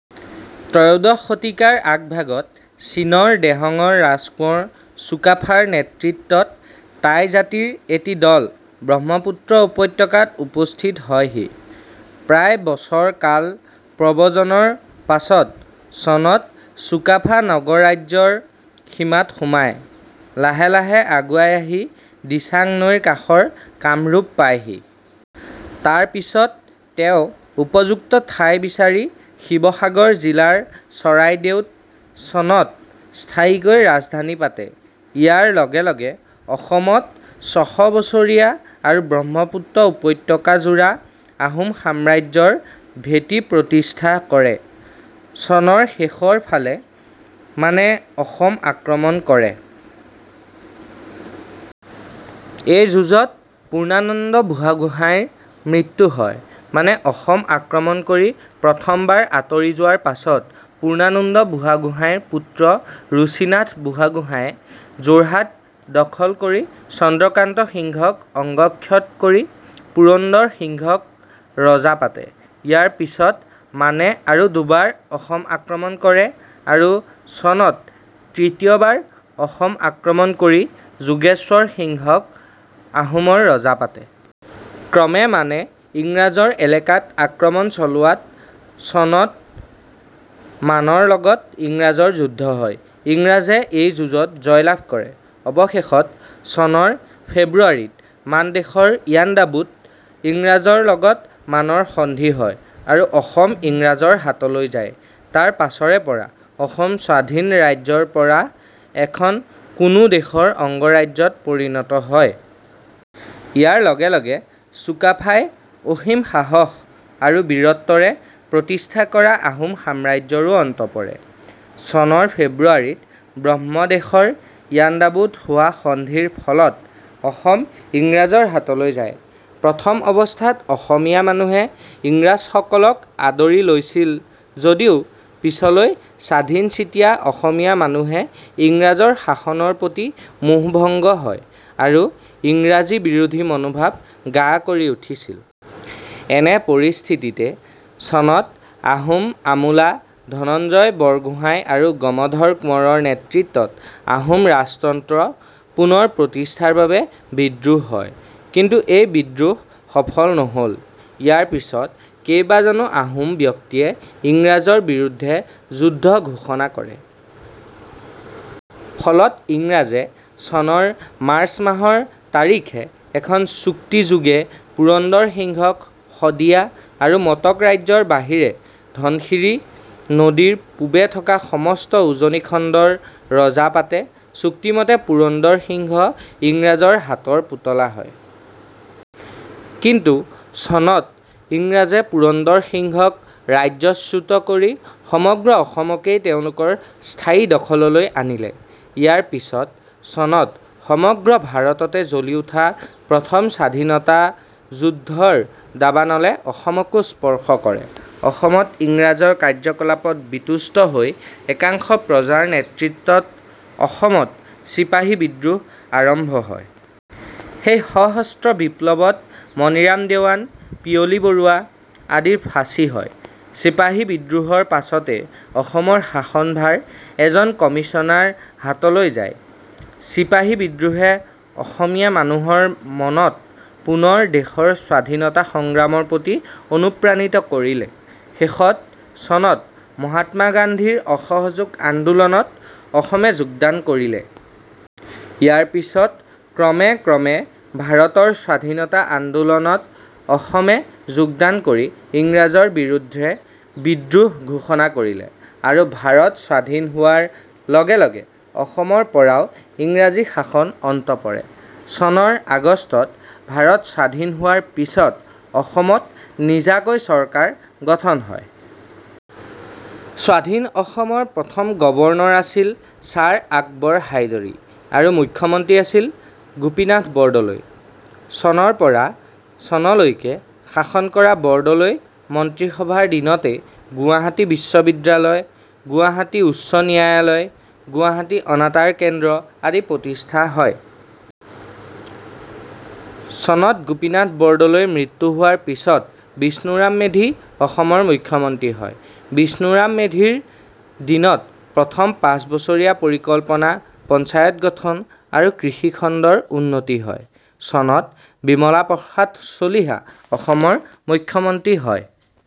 ত্ৰয়োদশ শতিকাৰ আগভাগত চীনৰ দেহংৰ ৰাজকোঁৱৰ চুকাফা ৰ নেতৃত্বত টাই জাতিৰ এটি দল ব্ৰহ্মপুত্ৰ উপত্যকাত উপস্থিত হয়হি। প্ৰায় বছৰ কাল প্ৰব্ৰজনৰ পাছত চনত চুকাফা নগাৰাজ্যৰ সীমাত সোমায়। লাহে লাহে আগুৱাই আহি দিচাং নৈৰ কাষৰ নামৰূপ পায়হি। তাৰপিছত তেওঁ উপযুক্ত ঠাই বিচাৰি শিৱসাগৰ জিলাৰ চৰাইদেউত চনত স্থায়ীকৈ ৰাজধানী পাতে। ইয়াৰ লগে লগে অসমত ছশ বছৰীয়া আৰু ব্ৰহ্মপুত্ৰ উপত্যকাজোৰা আহোম সাম্ৰাজ্য ৰ ভেটি প্ৰতিষ্ঠা কৰে। চনৰ শেষৰ ফালে মানে অসম আক্ৰমণ কৰে। এই যুঁজত পূৰ্ণানন্দ বুঢ়াগোহাঁইৰ মৃত্যু হয়। মানে অসম আক্ৰমণ কৰি প্ৰথম বাৰ আঁতৰি যোৱাৰ পাছত পূৰ্ণানন্দ বুঢ়াগোহাঁইৰ পুত্ৰ ৰুচিনাথ বুঢ়াগোহাঁইয়ে যোৰহাট দখল কৰি চন্দ্ৰকান্ত সিংহক অংগক্ষত কৰি পুৰন্দৰ সিংহ ক ৰজা পাতে। ইয়াৰ পিছত মানে আৰু দুবাৰ অসম আক্ৰমণ কৰে আৰু চনত তৃতীয়বাৰ অসম আক্ৰমণ কৰি যোগেশ্বৰ সিংহ ক আহোমৰ ৰজা পাতে। ক্ৰমে মানে ইংৰাজৰ এলেকাত আক্ৰমণ চলোৱাত চনত মানৰ লগত ইংৰাজৰ যুদ্ধ হয়। ইংৰাজে এই যুঁজত জয়লাভ কৰে। অৱশেষত চনৰ ফেব্ৰুৱাৰীত মানদেশৰ ইয়াণ্ডাবুত ইংৰাজৰ লগত মানৰ সন্ধি হয় আৰু অসম ইংৰাজৰ হাতলৈ যায় তাৰ পাছৰে পৰা অসম স্বাধীন ৰাজ্যৰ পৰা এখন কোনো দেশৰ অংগৰাজ্যত পৰিণত হয়। ইয়াৰ লগে লগে চুকাফাই অসীম সাহস আৰু বীৰত্বৰে প্ৰতিষ্ঠা কৰা আহোম সাম্ৰাজ্যৰো অন্ত পৰে। চনৰ ফেব্ৰুৱাৰীত ব্ৰহ্মদেশ ৰ ইয়াণ্ডাবুত হোৱা সন্ধিৰ ফলত অসম ইংৰাজৰ হাতলৈ যায়। প্ৰথম অৱস্থাত অসমীয়া মানুহে ইংৰাজসকলক আদৰি লৈছিল যদিও পিছলৈ স্বাধীনচিতিয়া অসমীয়া মানুহে ইংৰাজৰ শাসনৰ প্ৰতি মোহভংগ হয় আৰু ইংৰাজী-বিৰোধী মনোভাবে গা কৰি উঠিছিল। এনে পৰিস্থিতিতে চনত আহোম আমোলা ধনঞ্জয় বৰগোহাঁই আৰু গমধৰ কোঁৱৰৰ নেতৃত্বত আহোম ৰাজতন্ত্ৰ পুনৰ প্ৰতিষ্ঠাৰ বাবে বিদ্ৰোহ হয়। কিন্তু এই বিদ্ৰোহ সফল নহ'ল। ইয়াৰ পিছত কেইবাজনো আহোম ব্যক্তিয়ে ইংৰাজৰ বিৰুদ্ধে যুদ্ধ ঘোষণা কৰে। ফলত ইংৰাজে চনৰ মাৰ্চ মাহৰ তাৰিখে এখন চুক্তিযোগে পুৰন্দৰ সিংহ ক শদিয়া আৰু মটক ৰাজ্যৰ বাহিৰে ধনশিৰী নদী ৰ পূবে থকা সমস্ত উজনি খণ্ডৰ ৰজা পাতে। চুক্তিমতে পুৰন্দৰ সিংহ ইংৰাজৰ হাতৰ পুতলা হয়। কিন্তু চনত ইংৰাজে পুৰন্দৰ সিংহক ৰাজ্যচ্যুত কৰি সমগ্ৰ অসমকেই তেওঁলোকৰ স্থায়ী দখললৈ আনিলে। ইয়াৰ পিছত চনত সমগ্ৰ ভাৰততে জ্বলি উঠা প্ৰথম স্বাধীনতা যুদ্ধৰ দাবানলে অসমকো স্পৰ্শ কৰে। অসমত ইংৰাজৰ কাৰ্যকলাপত বিতুষ্ট হৈ একাংশ প্ৰজাৰ নেতৃত্বত অসমত চিপাহী বিদ্ৰোহ আৰম্ভ হয়। সেই সশস্ত্ৰ বিপ্লৱত মণিৰাম দেৱান, পিয়লি বৰুৱা আদিৰ ফাঁচি হয়। চিপাহী বিদ্ৰোহৰ পাছতে অসমৰ শাসনভাৰ এজন কমিছনাৰ হাতলৈ যায়। চিপাহী বিদ্ৰোহে অসমীয়া মানুহৰ মনত পুনৰ দেশৰ স্বাধীনতা সংগ্ৰামৰ প্ৰতি অনুপ্ৰাণিত কৰিলে। শেষত - চনত মহাত্মা গান্ধী ৰ অসহযোগ আন্দোলনত অসমে যোগদান কৰিলে। ইয়াৰ পিছত ক্ৰমে ক্ৰমে ভাৰতৰ স্বাধীনতা আন্দোলন ত অসমে যোগদান কৰি ইংৰাজৰ বিৰুদ্ধে বিদ্ৰোহ ঘোষণা কৰিলে আৰু ভাৰত স্বাধীন হোৱাৰ লগে লগে অসমৰ পৰাও ইংৰাজী শাসন অন্ত পৰে। চনৰ আগষ্টত ভাৰত স্বাধীন হোৱাৰ পিছত অসমত নিজাকৈ চৰকাৰ গঠন হয়। স্বাধীন অসমৰ প্ৰথম গৱৰ্ণৰ আছিল ছাৰ আকবৰ হাইদৰি আৰু মুখ্যমন্ত্ৰী আছিল গোপীনাথ বৰদলৈ। চনৰ পৰা চনলৈকে শাসন কৰা বৰদলৈ মন্ত্ৰীসভাৰ দিনতে গুৱাহাটী বিশ্ববিদ্যালয়, গুৱাহাটী উচ্চ ন্যায়ালয়, গুৱাহাটী অনাতাঁৰ কেন্দ্ৰ আদি প্ৰতিষ্ঠা হয়। চনত গোপীনাথ বৰদলৈ ৰ মৃত্যু হোৱাৰ পিছত বিষ্ণুৰাম মেধি অসমৰ মুখ্যমন্ত্ৰী হয়। বিষ্ণুৰাম মেধিৰ দিনত প্ৰথম পাঁচবছৰীয়া পৰিকল্পনা, পঞ্চায়ত গঠন আৰু কৃষিখণ্ডৰ উন্নতি হয়। চনত বিমলা প্ৰসাদ চলিহা অসমৰ মুখ্যমন্ত্ৰী হয়।